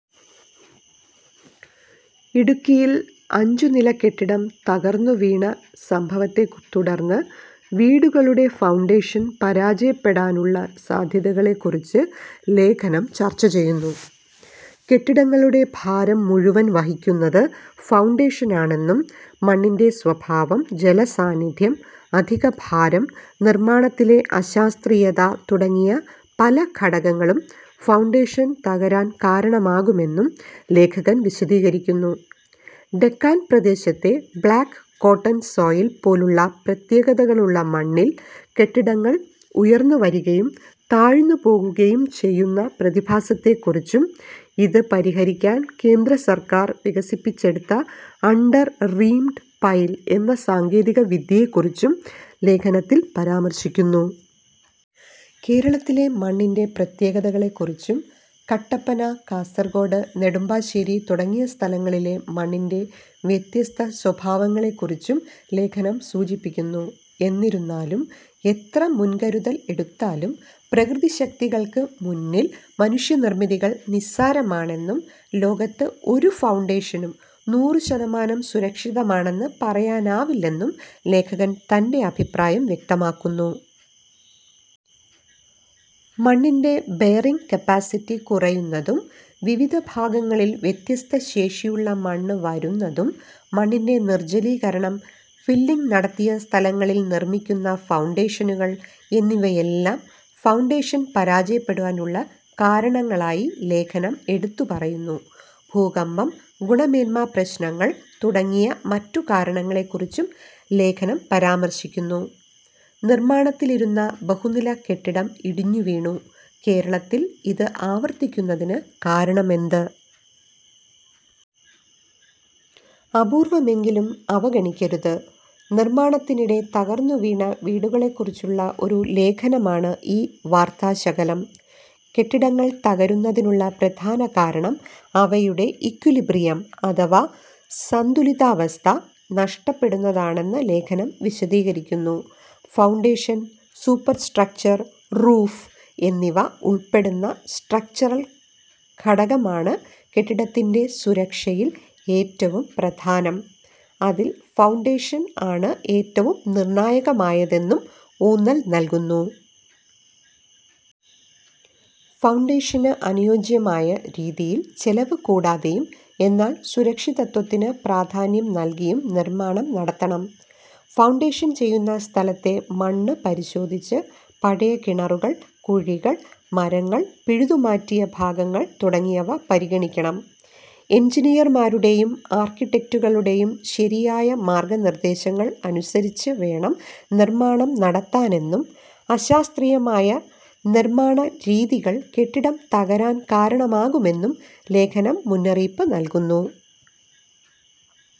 ഇടുക്കിയിൽ അഞ്ചു നില കെട്ടിടം തകർന്നുവീണ സംഭവത്തെത്തുടർന്ന് വീടുകളുടെ ഫൗണ്ടേഷൻ പരാജയപ്പെടാനുള്ള സാധ്യതകളെക്കുറിച്ച് ലേഖനം ചർച്ച ചെയ്യുന്നു. കെട്ടിടങ്ങളുടെ ഭാരം മുഴുവൻ വഹിക്കുന്നത് ഫൗണ്ടേഷനാണെന്നും, മണ്ണിൻ്റെ സ്വഭാവം, ജലസാന്നിധ്യം, അധികഭാരം, നിർമ്മാണത്തിലെ അശാസ്ത്രീയത തുടങ്ങിയ പല ഘടകങ്ങളും ഫൗണ്ടേഷൻ തകരാൻ കാരണമാകുമെന്നും ലേഖകൻ വിശദീകരിക്കുന്നു. ഡെക്കാൻ പ്രദേശത്തെ ബ്ലാക്ക് കോട്ടൺ സോയിൽ പോലുള്ള പ്രത്യേകതകളുള്ള മണ്ണിൽ കെട്ടിടങ്ങൾ ഉയർന്നുവരികയും താഴ്ന്നുപോകുകയും ചെയ്യുന്ന പ്രതിഭാസത്തെക്കുറിച്ചും, ഇത് പരിഹരിക്കാൻ കേന്ദ്രസർക്കാർ വികസിപ്പിച്ചെടുത്ത അണ്ടർ റീംഡ് പൈൽ എന്ന സാങ്കേതികവിദ്യയെക്കുറിച്ചും ലേഖനത്തിൽ പരാമർശിക്കുന്നു. കേരളത്തിലെ മണ്ണിൻ്റെ പ്രത്യേകതകളെക്കുറിച്ചും, കട്ടപ്പന, കാസർകോട്, നെടുമ്പാശ്ശേരി തുടങ്ങിയ സ്ഥലങ്ങളിലെ മണ്ണിൻ്റെ വ്യത്യസ്ത സ്വഭാവങ്ങളെക്കുറിച്ചും ലേഖനം സൂചിപ്പിക്കുന്നു. എന്നിരുന്നാലും, എത്ര മുൻകരുതൽ എടുത്താലും പ്രകൃതി ശക്തികൾക്ക് മുന്നിൽ മനുഷ്യനിർമ്മിതികൾ നിസ്സാരമാണെന്നും, ലോകത്ത് ഒരു ഫൗണ്ടേഷനും നൂറു ശതമാനം സുരക്ഷിതമാണെന്ന് പറയാനാവില്ലെന്നും ലേഖകൻ തൻ്റെ അഭിപ്രായം വ്യക്തമാക്കുന്നു. മണ്ണിൻ്റെ ബെയറിങ് കപ്പാസിറ്റി കുറയുന്നതും, വിവിധ ഭാഗങ്ങളിൽ വ്യത്യസ്ത ശേഷിയുള്ള മണ്ണ് വരുന്നതും, മണ്ണിൻ്റെ നിർജലീകരണം, ഫില്ലിംഗ് നടത്തിയ സ്ഥലങ്ങളിൽ നിർമ്മിക്കുന്ന ഫൗണ്ടേഷനുകൾ എന്നിവയെല്ലാം ഫൗണ്ടേഷൻ പരാജയപ്പെടാനുള്ള കാരണങ്ങളായി ലേഖനം എടുത്തുപറയുന്നു. ഭൂകമ്പം, ഗുണമേന്മാ പ്രശ്നങ്ങൾ തുടങ്ങിയ മറ്റു കാരണങ്ങളെക്കുറിച്ചും ലേഖനം പരാമർശിക്കുന്നു. നിർമാണത്തിലിരുന്ന ബഹുനില കെട്ടിടം ഇടിഞ്ഞു വീണു; കേരളത്തിൽ ഇത് ആവർത്തിക്കുന്നതിന് കാരണമെന്ത്? അപൂർവമെങ്കിലും അവഗണിക്കരുത് നിർമ്മാണത്തിനിടെ തകർന്നുവീണ വീടുകളെക്കുറിച്ചുള്ള ഒരു ലേഖനമാണ് ഈ വാർത്താശകലം. കെട്ടിടങ്ങൾ തകരുന്നതിനുള്ള പ്രധാന കാരണം അവയുടെ "ഈക്വലിബ്രിയം" അഥവാ സന്തുലിതാവസ്ഥ നഷ്ടപ്പെടുന്നതാണെന്ന് ലേഖനം വിശദീകരിക്കുന്നു. ഫൗണ്ടേഷൻ, സൂപ്പർ സ്ട്രക്ചർ, റൂഫ് എന്നിവ ഉൾപ്പെടുന്ന സ്ട്രക്ചറൽ ഘട്ടമാണ് കെട്ടിടത്തിന്റെ സുരക്ഷയിൽ ഏറ്റവും പ്രധാനം, അതിൽ ഫൗണ്ടേഷൻ ആണ് ഏറ്റവും നിർണായകമായതെന്നും ഊന്നൽ നൽകുന്നു. ഫൗണ്ടേഷന് അനുയോജ്യമായ രീതിയിൽ ചെലവ് കൂടാതെയും, എന്നാൽ സുരക്ഷിതത്വത്തിന് പ്രാധാന്യം നൽകിയും നിർമ്മാണം നടത്തണം. ഫൗണ്ടേഷൻ ചെയ്യുന്ന സ്ഥലത്തെ മണ്ണ് പരിശോധിച്ച്, പഴയ കിണറുകൾ, കുഴികൾ, മരങ്ങൾ പിഴുതുമാറ്റിയ ഭാഗങ്ങൾ തുടങ്ങിയവ പരിഗണിക്കണം. എൻജിനീയർമാരുടെയും ആർക്കിടെക്റ്റുകളുടെയും ശരിയായ മാർഗ്ഗനിർദ്ദേശങ്ങൾ അനുസരിച്ച് വേണം നിർമ്മാണം നടത്താനെന്നും, അശാസ്ത്രീയമായ നിർമ്മാണ രീതികൾ കെട്ടിടം തകരാൻ കാരണമാകുമെന്നും ലേഖനം മുന്നറിയിപ്പ് നൽകുന്നു.